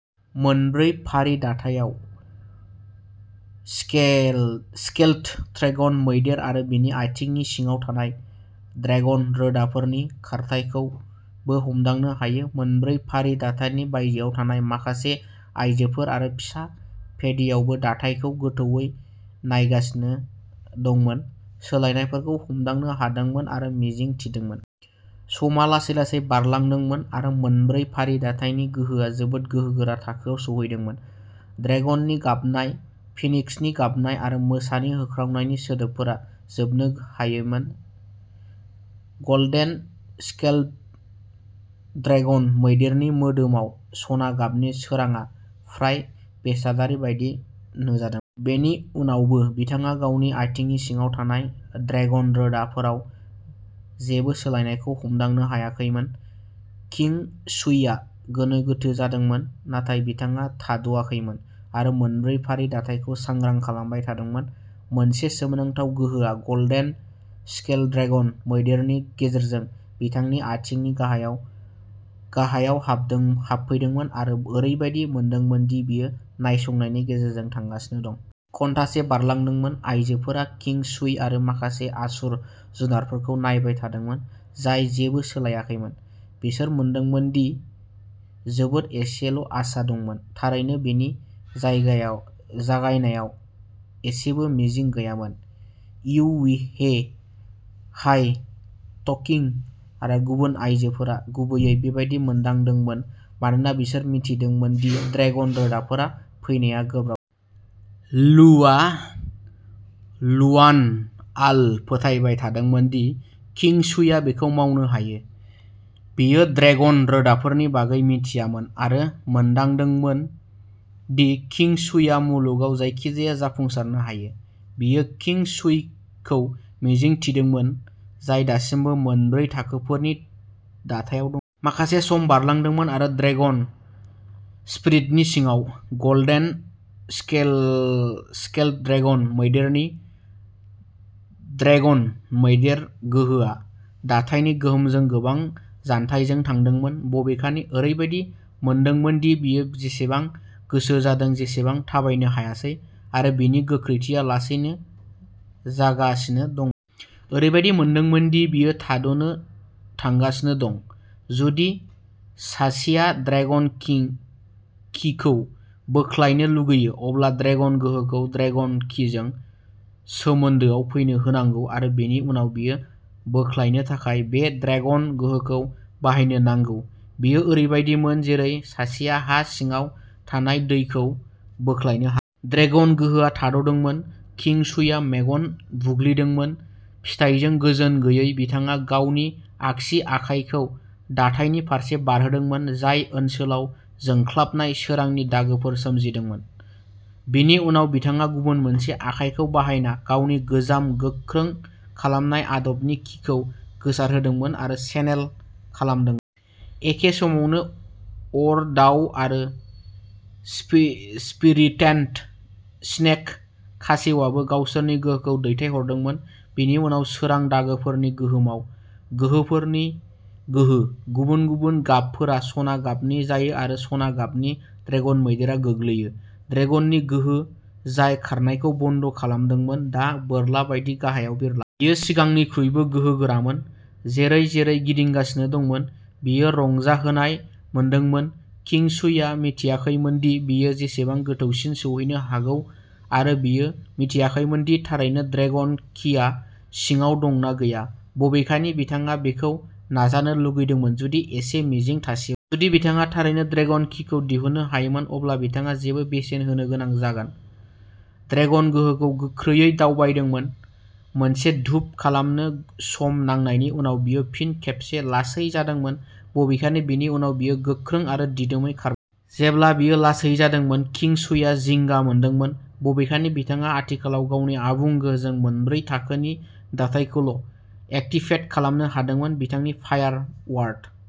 मोनब्रै फारि दाथायाव scaled dragon मैदेर आरो बिनि आथिंनि सिङाव थानाय'ड्रेगन रोदाफोरनि खारथाइखौबो हमदांनो हायो। मोनब्रै फारि दाथायनि बायजोआव थानाय माखासे आइजोफोर आरो फिसा फेटिआबो दाथायखौ गोथौवै नायगासिनो दंमोन, सोलायनायफोरखौ हमदांनो हादोंमोन आरो मिजिं थिदोंमोन। समआ लासै लासै बारलांदोंमोन आरो मोनब्रै फारि दाथायनि गोहोआ जोबोद गोहोगोरा थाखोआव सौहैदोंमोन। ड्रेगननि गाबनाय फिनिक्सनि गाबनाय आरो मोसानि होख्रावनायनि सोदोबफोरा जोबनो हायैमोन। गल्डेन स्केल्ड ड्रेगन मैदेरनि मोदोमाव सना गाबनि सोरांआ फ्राय बेसादारि बायदि नुजादोंमोन। बेनि उनावबो, बिथाङा गावनि आथिंनि सिङाव थानाय'ड्रेगन रोदा'फोराव जेबो सोलायनायखौ हमदांनो हायाखैमोन। किं शुईआ गोनो गोथो जादोंमोन नाथाय बिथाङा थाद'थायाखैमोन आरो मोनब्रै फारि दाथायखौ सांग्रां खालामबाय थादोंमोन। मोनसे गोमोथाव गोहोआ गल्डेन स्केल्ड ड्रेगन मैदेरनि गेजेरजों बिथांनि आथिंनि गाहायाव गाहायाव हाबफैदोंमोन आरो ओरैबायदि मोनदोंमोन दि बेयो नायसंनायनि गेजेरजों थांगासिनो दं। घन्टासे बारलांदोंमोन। आइजोफोरा किं शुइ आरो माखासे आसुर जुनारफोरखौ नायबाय थादोंमोन, जाय जेबो सोलायाखैमोन। बिसोर मोनदोंमोन दि जोबोद एसेल'आसा दंमोन। थारैनो, बेनि जागायनायाव एसेबो मिजिं गैयामोन। यु हे, हाय डंकिंग, आरो गुबुन आइजोफोरा गुबैयै बेबादि मोनदांदोंमोन मानोना बिसोरो मिथिदोंमोन दि ड्रेगन रोदाफोर फैनाया गोब्राबमोन। लुआन लुआनआल'फोथायबाय थादोंमोन दि किं शुइआ बेखौ मावनो हायो। बियो ड्रेगन रोदाफोरनि बागै मिथियामोन आरो मोनदांदोंमोन दि किं शुइआ मुलुगाव जायखिजाया जाफुंसारनो हायो। बियो किं शुइखौ मिजिं थिदोंमोन, जाय दासिमबो मोनब्रै थाखोफोरनि दाथायाव दंमोन। माखासे सम बारलांदोंमोन आरो ड्रेगन स्पिरिटनि सिङाव, गोल्डेन स्केल्ड ड्रेगन मैदेरनि ड्रेगन मैदेर गोहोआ दाथायनि गोहोमजों गोबां जान्थायजों थांदोंमोन। बबेखानि, ओरैबायदि मोनदोंमोन दि बियो जेसेबां गोसो जादों एसेबां थाबायनो हायासै आरो बिनि गोख्रैथिया लासैनो जागासिनो दंमोन। ओरैबायदि मोनदोंमोन दि बेयो थाद'नो थांगासिनो दं। जुदि सासेया'ड्रेगन कि'खौ बोख्लायनो लुबैयो, अब्ला ड्रेगन गोहोखौ ड्रेगन कि'जों सोमोन्दोआव फैनो होनांगौ आरो बेनि उनाव बेखौ बोख्लायनो थाखाय बे ड्रेगन गोहोखौ बाहायनो नांगौ। बेयो ओरैबायदिमोन जेरै सासेया हा सिङाव थानाय दैखौ बोख्लायनो हागोन। ड्रेगन गोहोआ थाद'दोंमोन। किं शुईआ मेगन बुग्लिदोंमोन, फिथायजों गोजोन गैयै। बिथाङा गावनि आगसि आखायखौ दाथायनि फारसे बारहोदोंमोन, जाय ओनसोलाव जोंख्लाबनाय सोरांनि दागोफोर सोमजिहोदोंमोन। बिनि उनाव बिथाङा गुबुन मोनसे आखाइखौ बाहायना गावनि गोजाम गोख्रों खालामनाय आदबनि कि'खौ गोसारहोदोंमोन आरो चेनेल खालामदोंमोन। एखे समावनो, अर दाउ आरो स्पिरिटेड स्नेक खासेवाबो गावसोरनि गोहोखौ दैथायहरदोंमोन। बिनि उनाव, सोरां दागोफोरनि गोहोमाव, गोहोफोरनि गोहो। गुबुन-गुबुन गाबफोरा सना गाबनि जायो आरो सना गाबनि ड्रेगन मैदेराव गोग्लैयो। ड्रेगननि गोहो, जाय खारनायखौ बन्द खालामदोंमोन, दा बोरला बायदि गाहायाव बिरलाङो। बेयो सिगांनिख्रुइबो गोहोगोरामोन, जेरै-जेरै गिदिंगासिनो दंमोन। बेयो रंजाहोनाय मोनदोंमोन। किं शुईआ मिथियाखैमोनदि बेयो बेसेबां गोथौसिम सौहैनो हागौ आरो बियो मिथियाखैमोन दि थारैनो ड्रेगन कि हा सिङाव दं ना गैया। बबेखानि, बिथाङा बेखौ नाजानो लुबैदोंमोन, जुदि एसे मिजिं थासेयावबो। जुदि बिथाङा थारैनो ड्रेगन किखौ दिहुननो हायोमोन, अब्ला बिथाङा जेबो बेसेन होनो गोनां जागोन। ड्रेगन गोहोआ गोख्रैयै दावबायदोंमोन। मोनसे धूप खामनो सम नांनायनि उनाव, बेयो फिन खेबसे लासै जादोंमोन। बबेखानि, बेनि उनाव, बेयो गोख्रै आरो दिदोमै खारबाय थादोंमोन। जेब्ला बेयो लासै जादोंमोन, किं शुईआ जिंगा मोनदोंमोन। बबेखानि, बिथाङा आथिखालाव गावनि आबुं गोहोजों मोनब्रै थाखोफोरनि दाथायखौल' एक्टिभेट खालामनो हादोंमोन। बिथांनि फायार बार्ड।